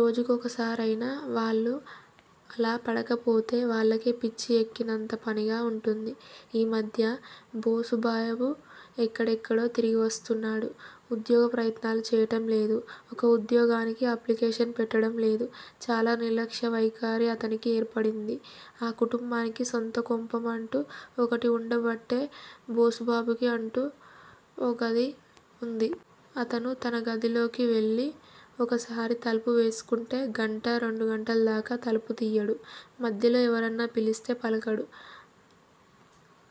రోజుకి ఒకసారయినా వాళ్ళు అలాపడకపోతే వాళ్ళకే పిచ్చి ఎక్కినంత పనిగా వుంటుంది. ఈమధ్య బోసుబాబు ఎక్కడెక్కడో తిరిగివస్తున్నాడు. ఉద్యోగ ప్రయత్నాలు చేయటం లేదు. ఒక్క ఉద్యోగానికీ అప్లికేషన్ పెట్టడంలేదు. చాలా నిర్లక్ష్య వైఖరి అతనికి ఏర్పడింది. ఆ కుటుంబానికి సొంత కొంపంటూ ఒకటి వుండబట్టే బోసుబాబుకి అంటూ ఒక గది వుంది. అతను తన గదిలోకి వెళ్ళి ఒక్కోసారి తలుపు వేసుకుంటే గంటా రెండు గంటలదాకా తలుపు తియ్యడు. మధ్యలో ఎవరన్నా పిలిస్తే పలకడు.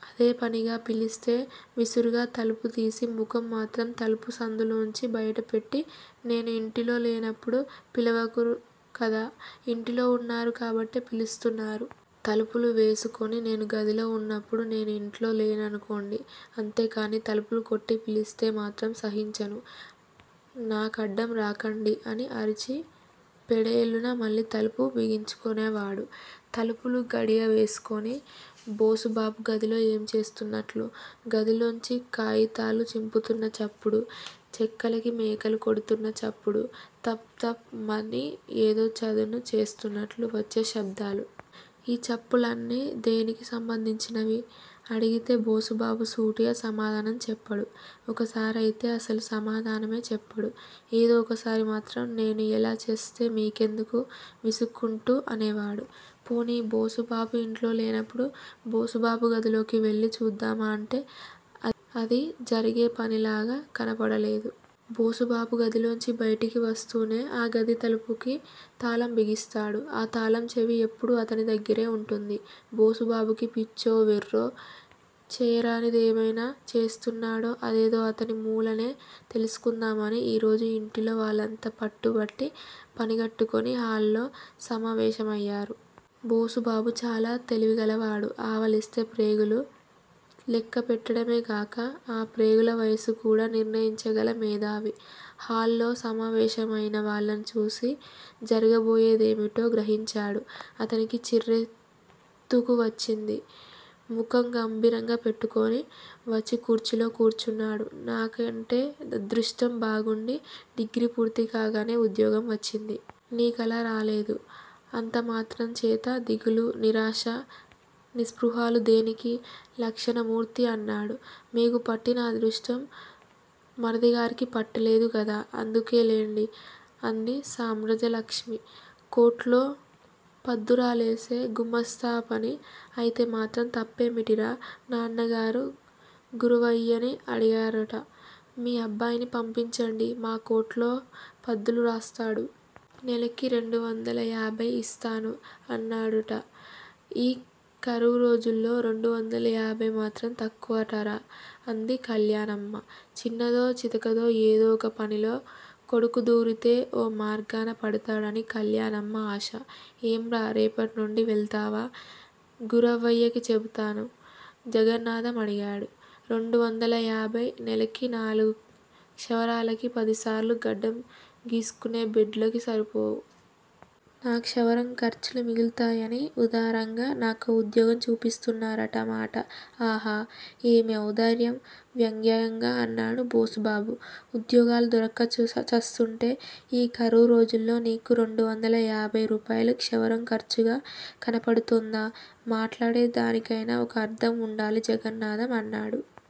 అదేపనిగా పిలిస్తే విసురుగా తలుపు తీసి ముఖం మాత్రం తలుపు సందులోనుంచి బయటపెట్టి నేను ఇంటిలో లేనపుడు పిలవరుకదా! ఇంటిలో వున్నాను కాబట్టే పిలుస్తున్నారు. తలుపులు వేసుకుని నేను గదిలో వున్నప్పుడు నేను ఇంట్లో లేననుకోండి. అంతేకానీ తలుపులు కొట్టి పిలిస్తేమాత్రం సహించను. నాకడ్డం రాకండి అని అరిచి ఫెడేలున మళ్ళీ తలుపు బిగించుకునేవాడు. తలుపులు గడియవేసుకుని బోసుబాబు గదిలో ఏం చేస్తున్నట్లు? గదిలోంచి కాయితాలు చింపుతున్న చప్పుడు, చెక్కలకి మేకులు కొడుతున్న చప్పుడు, తప్, తప్, మని ఏదో చదును చేస్తున్నట్లు వచ్చే శబ్దాలు! ఈ చప్పుళ్ళన్నీ దేనికి సంబందించినవి? అడిగితే బోసుబాబు సూటిగా సమాధానం చెప్పడు. ఒక్కోసారి అయితే అసలు సమాధానమే చెప్పడు. ఏదో ఒకసారి మాత్రం నేను ఎలా ఛస్తే మీకెందుకు? విసుక్కుంటూ అనేవాడు. పోనీ, బోసుబాబు ఇంట్లోలేనప్పుడు బోసుబాబు గదిలోకి వెళ్ళి చూద్దామా అంటే, అది జరిగేపనిలాగా కనపడలేదు. బోసుబాబు గదిలోంచి బయటకు వస్తూనే ఆ గది తలుపులకి తాళం బిగిస్తాడు. ఆ తాళం చెవి ఎప్పుడూ అతని దగ్గరే వుంటుంది. బోసుబాబుకి పిచ్చో, వెర్రో, చేయరానిదేమైనా చేస్తున్నాడో అదేదో అతని మూలానే తెలుసుకుందామని ఈరోజు యింటిలో వాళ్ళంతా పట్టుబట్టి పనిగట్టుకుని హాల్ లో సమావేశమయ్యారు. బోసుబాబు చాలా తెలివిగలవాడు. ఆవలిస్తే ప్రేగులు లెక్కపెట్టడమేకాక, ఆ ప్రేగుల వయస్సు కూడా నిర్ణయించగల మేథావి. హాల్లో సమావేశమయిన వాళ్ళను చూసి జరగబోయేదేమిటో గ్రహించాడు. అతనికి చిర్రెత్తుకు వచ్చింది. ముఖం గంభీరంగా పెట్టుకుని వచ్చి కుర్చీలో కూర్చున్నాడు. నాకంటే అదృష్టం బాగుండి, డిగ్రీ పూర్తి కాగానే ఉద్యోగం వచ్చింది. నీకలా రాలేదు. అంతమాత్రంచేత దిగులు, నిరాశ, నిస్పృహలు దేనికి? లక్షణమూర్తి అన్నాడు. మీకు పట్టిన అదృష్టం మరిదిగారికి పట్టలేదు గదా! అందుకులేండి! అంది సామ్రాజ్యలక్ష్మి. కొట్లో పద్దులురాసే గుమస్తాపని అయితేమాత్రం తప్పేమిటి రా! నాన్నగారు గురవయ్యని అడిగారుట. మీ అబ్బాయిని పంపించండి. మా కొట్లో పద్దులు రాస్తాడు. నెలకి రెండువందల యాభయి ఇస్తాను. అన్నాడుట. ఈ కరువురోజుల్లో రెండువందల యాభయి మాత్రం తక్కువటరా! అంది కల్యాణమ్మ. చిన్నదో, చితకదో ఏదో ఒక పనిలో కొడుకుదూరితే ఓ మార్గాన పడతాడని కల్యాణమ్మ ఆశ. ఏంరా! రేపటినుండి వెళతావా? గురవయ్యకి చెబుతాను! జగన్నాథం అడిగాడు. రెండువందలయాభయి! నెలకి నాలుగు క్షవరాలకి పదిసార్లు గడ్డం గీసుకునే బ్లేడ్లకి సరిపోతుంది. నా క్షవరం ఖర్చులు మిగులుతాయని ఉదారంగా నాకో ఉద్యోగం చూపిస్తున్నారన్న మాట ఆహాహా! ఏమి ఔదార్యం! వ్యంగ్యంగా అన్నాడు బోసుబాబు. ఉద్యోగాలు దొరక్క ఛస్తుంటే ఈ కరువు రోజుల్లో నీకు రెండువందల యాభయి రూపాయలు క్షవరం ఖర్చుగా కనపడుతోందా? మాట్లాడే దానికైనా ఒక అర్ధం వుండాలి జగన్నాథం అన్నాడు.